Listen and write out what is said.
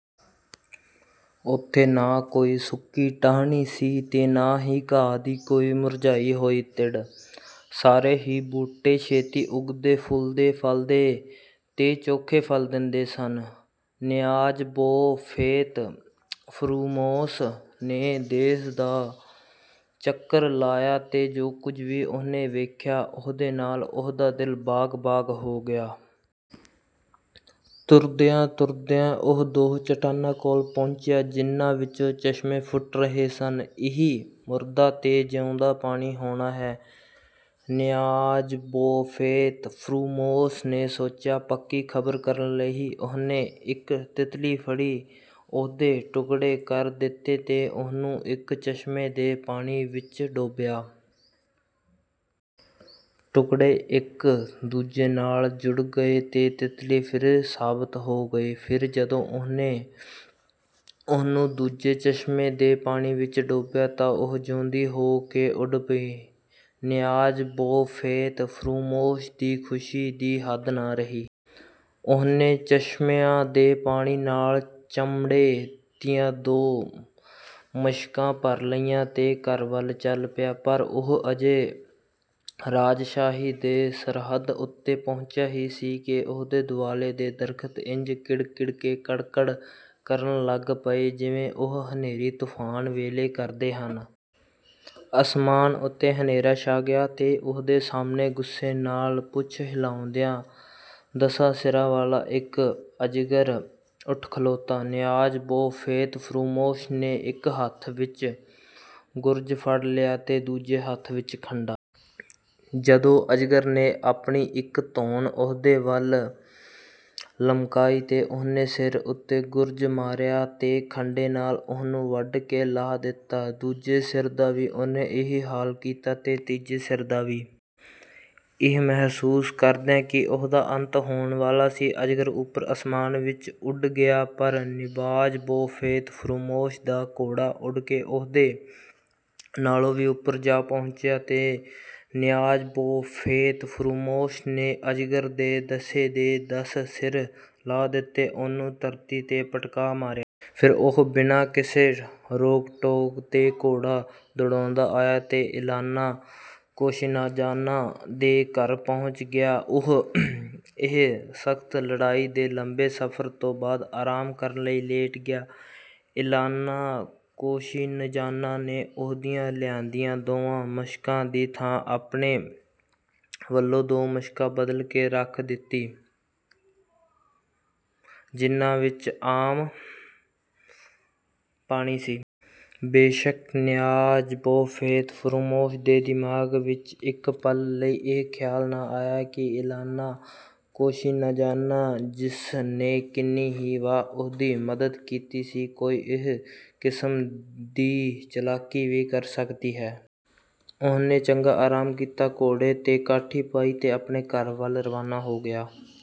ਉੱਥੇ ਨਾ ਕੋਈ ਸੁੱਕੀ ਟਾਹਣੀ ਸੀ ਤੇ ਨਾ ਹੀ ਘਾਹ ਦੀ ਕੋਈ ਮੁਰਝਾਈ ਹੋਈ ਤਿੜ। ਸਾਰੇ ਹੀ ਬੂਟੇ ਛੇਤੀ ਉੱਗਦੇ, ਫੁੱਲਦੇ-ਫ਼ਲਦੇ ਤੇ ਚੋਖੇ ਫ਼ਲ ਦਿੰਦੇ ਸਨ। ਨਿਆਜ਼-ਬੋ ਫ਼ੇਤ-ਫ਼ਰੂਮੋਸ ਨੇ ਦੇਸ਼ ਦਾ ਚੱਕਰ ਲਾਇਆ ਤੇ ਜੋ ਕੁਝ ਵੀ ਉਹਨੇ ਵੇਖਿਆ, ਉਹਦੇ ਨਾਲ ਉਹਦਾ ਦਿਲ ਬਾਗ਼-ਬਾਗ਼ ਹੋ ਗਿਆ। ਤੁਰਦਿਆਂ-ਤੁਰਦਿਆਂ ਉਹ ਦੋ ਚਟਾਨਾਂ ਕੋਲ ਪਹੁੰਚਿਆ, ਜਿਨ੍ਹਾਂ ਵਿੱਚੋਂ ਦੋ ਚਸ਼ਮੇ ਫੁੱਟ ਰਹੇ ਸਨ। "ਇਹੀ ਮੁਰਦਾ ਤੇ ਜਿਊਂਦਾ ਪਾਣੀ ਹੋਣਾ ਹੈ," ਨਿਆਜ਼-ਬੋ ਫ਼ੇਤ-ਫ਼ਰੂਮੋਸ ਨੇ ਸੋਚਿਆ। ਪੱਕੀ ਖਬਰ ਕਰਨ ਲਈ ਉਹਨੇ ਇੱਕ ਤਿਤਲੀ ਫੜੀ, ਉਹਦੇ ਟੁਕੜੇ ਕਰ ਦਿੱਤੇ ਤੇ ਉਹਨੂੰ ਇੱਕ ਚਸ਼ਮੇ ਦੇ ਪਾਣੀ ਵਿੱਚ ਡੋਬਿਆ। ਟੁਕੜੇ ਇੱਕਦਮ ਇੱਕ-ਦੂਜੇ ਨਾਲ ਜੁੜ ਗਏ ਤੇ ਤਿਤਲੀ ਫਿਰ ਸਾਬਤ ਹੋ ਗਈ। ਫਿਰ ਜਦੋਂ ਉਹਨੇ ਉਹਨੂੰ ਦੂਜੇ ਚਸ਼ਮੇ ਦੇ ਪਾਣੀ ਵਿੱਚ ਡੋਬਿਆ, ਤਾਂ ਉਹ ਜਿਊਂਦੀ ਹੋ ਕੇ ਉੱਡ ਗਈ। ਨਿਆਜ਼-ਬੋ ਫ਼ੇਤ-ਫ਼ਰੂਮੋਸ ਦੀ ਖ਼ੁਸ਼ੀ ਦੀ ਹੱਦ ਨਾ ਰਹੀ। ਉਹਨੇ ਚਸ਼ਮਿਆਂ ਦੇ ਪਾਣੀ ਨਾਲ ਚਮੜੇ ਦੀਆਂ ਦੋ ਮਸ਼ਕਾਂ ਭਰ ਲਈਆਂ ਤੇ ਘਰ ਵੱਲ ਚੱਲ ਪਿਆ। ਪਰ ਉਹ ਅਜੇ ਰਾਜ-ਸ਼ਾਹੀ ਦੀ ਸਰਹੱਦ ਉੱਤੇ ਪਹੁੰਚਿਆ ਹੀ ਸੀ ਕਿ ਉਹਦੇ ਦੁਆਲੇ ਦੇ ਦਰਖ਼ਤ ਇੰਜ ਕਿੜ-ਕਿੜ ਕੇ ਕੜ-ਕੜ ਕਰਨ ਲੱਗ ਪਏ ਜਿਵੇਂ ਉਹ ਹਨੇਰੀ-ਤੂਫ਼ਾਨ ਵੇਲੇ ਕਰਦੇ ਹਨ। ਅਸਮਾਨ ਉੱਤੇ ਹਨੇਰਾ ਛਾ ਗਿਆ ਤੇ ਉਹਦੇ ਸਾਹਮਣੇ, ਗੁੱਸੇ ਨਾਲ ਪੂਛ ਹਿਲਾਉਂਦਾ, ਦੱਸਾਂ ਸਿਰਾਂ ਵਾਲਾ ਇੱਕ ਅਜਗਰ ਉੱਠ ਖਲੋਤਾ। ਨਿਆਜ਼-ਬੋ ਫ਼ੇਤ-ਫ਼ਰੂਮੋਸ ਨੇ ਇੱਕ ਹੱਥ ਵਿੱਚ ਗੁਰਜ਼ ਫੜ ਲਿਆ ਤੇ ਦੂਜੇ ਹੱਥ ਵਿੱਚ ਖੰਡਾ। ਜਦੋਂ ਅਜਗਰ ਨੇ ਆਪਣੀ ਇੱਕ ਧੌਣ ਉਹਦੇ ਵੱਲ ਲਮਕਾਈ, ਤਾਂ ਉਹਨੇ ਸਿਰ ਉੱਤੇ ਗੁਰਜ਼ ਮਾਰਿਆ ਤੇ ਖੰਡੇ ਨਾਲ ਉਹਨੂੰ ਵੱਢ ਕੇ ਲਾਹ ਦਿੱਤਾ। ਦੂਜੇ ਸਿਰ ਦਾ ਵੀ ਉਹਨੇ ਇਹੀ ਹਾਲ ਕੀਤਾ ਤੇ ਤੀਜੇ ਸਿਰ ਦਾ ਵੀ। ਇਹ ਮਹਿਸੂਸ ਕਰਦਿਆਂ ਕਿ ਉਹਦਾ ਅੰਤ ਹੋਣ ਵਾਲਾ ਸੀ, ਅਜਗਰ ਉੱਪਰ ਅਸਮਾਨ ਵਿੱਚ ਉੱਡ ਗਿਆ। ਪਰ ਨਿਆਜ਼-ਬੋ ਫ਼ੇਤ-ਫ਼ਰੂਮੋਸ ਦਾ ਘੋੜਾ ਉੱਡ ਕੇ ਉਹਦੇ ਨਾਲੋਂ ਵੀ ਉੱਪਰ ਜਾ ਪਹੁੰਚਿਆ ਤੇ ਨਿਆਜ਼-ਬੋ ਫ਼ੇਤ-ਫ਼ਰੂਮੋਸ ਨੇ ਅਜਗਰ ਦੇ ਦੱਸੇ ਦੇ ਦੱਸ ਸਿਰ ਲਾਹ ਦਿੱਤੇ ਤੇ ਉਹਨੂੰ ਧਰਤੀ 'ਤੇ ਪਟਕਾ ਮਾਰਿਆ। ਫ਼ਿਰ ਉਹ ਬਿਨਾਂ ਕਿਸੇ ਰੋਕ-ਟੋਕ ਦੇ ਘੋੜਾ ਦੁੜਾਉਂਦਾ ਆਇਆ ਤੇ ਇਲਾਨਾ ਕੋਸ਼ਿਨਜ਼ਾਨਾ ਦੇ ਘਰ ਪਹੁੰਚ ਗਿਆ। ਉਹ ਇਸ ਸਖ਼ਤ ਲੜਾਈ ਤੇ ਲੰਮੇ ਸਫ਼ਰ ਤੋਂ ਬਾਅਦ ਆਰਾਮ ਕਰਨ ਲਈ ਲੇਟ ਗਿਆ। ਇਲਾਨਾ ਕੋਸਿਨਜ਼ਾਨਾ ਨੇ ਉਹਦੀਆਂ ਲਿਆਂਦੀਆਂ ਦੋਵਾਂ ਮਸ਼ਕਾਂ ਦੀ ਥਾਂ ਆਪਣੇ ਵੱਲੋਂ ਦੋ ਮਸ਼ਕਾਂ ਬਦਲ ਕੇ ਰੱਖ ਦਿੱਤੀ, ਜਿਨ੍ਹਾਂ ਵਿੱਚ ਆਮ ਪਾਣੀ ਸੀ। ਬੇਸ਼ੱਕ ਨਿਆਜ਼-ਬੋ ਫ਼ੇਤ-ਫ਼ਰੂਮੋਸ ਦੇ ਦਿਮਾਗ਼ ਵਿੱਚ ਇੱਕ ਪਲ ਲਈ ਇਹ ਖ਼ਿਆਲ ਨਾ ਆਇਆ ਕਿ ਇਲਾਨਾ ਕੋਸਿਨਜ਼ਾਨਾ, ਜਿਸ ਨੇ ਕਿੰਨੀ ਹੀ ਵਾਰ ਉਹਦੀ ਮਦਦ ਕੀਤੀ ਸੀ, ਕੋਈ ਇਹ ਕਿਸਮ ਦੀ ਚਲਾਕੀ ਵੀ ਕਰ ਸਕਦੀ ਹੈ। ਉਹਨੇ ਚੰਗਾ ਆਰਾਮ ਕੀਤਾ, ਘੋੜੇ 'ਤੇ ਕਾਠੀ ਪਾਈ ਤੇ ਆਪਣੇ ਘਰ ਵੱਲ ਰਵਾਨਾ ਹੋ ਗਿਆ।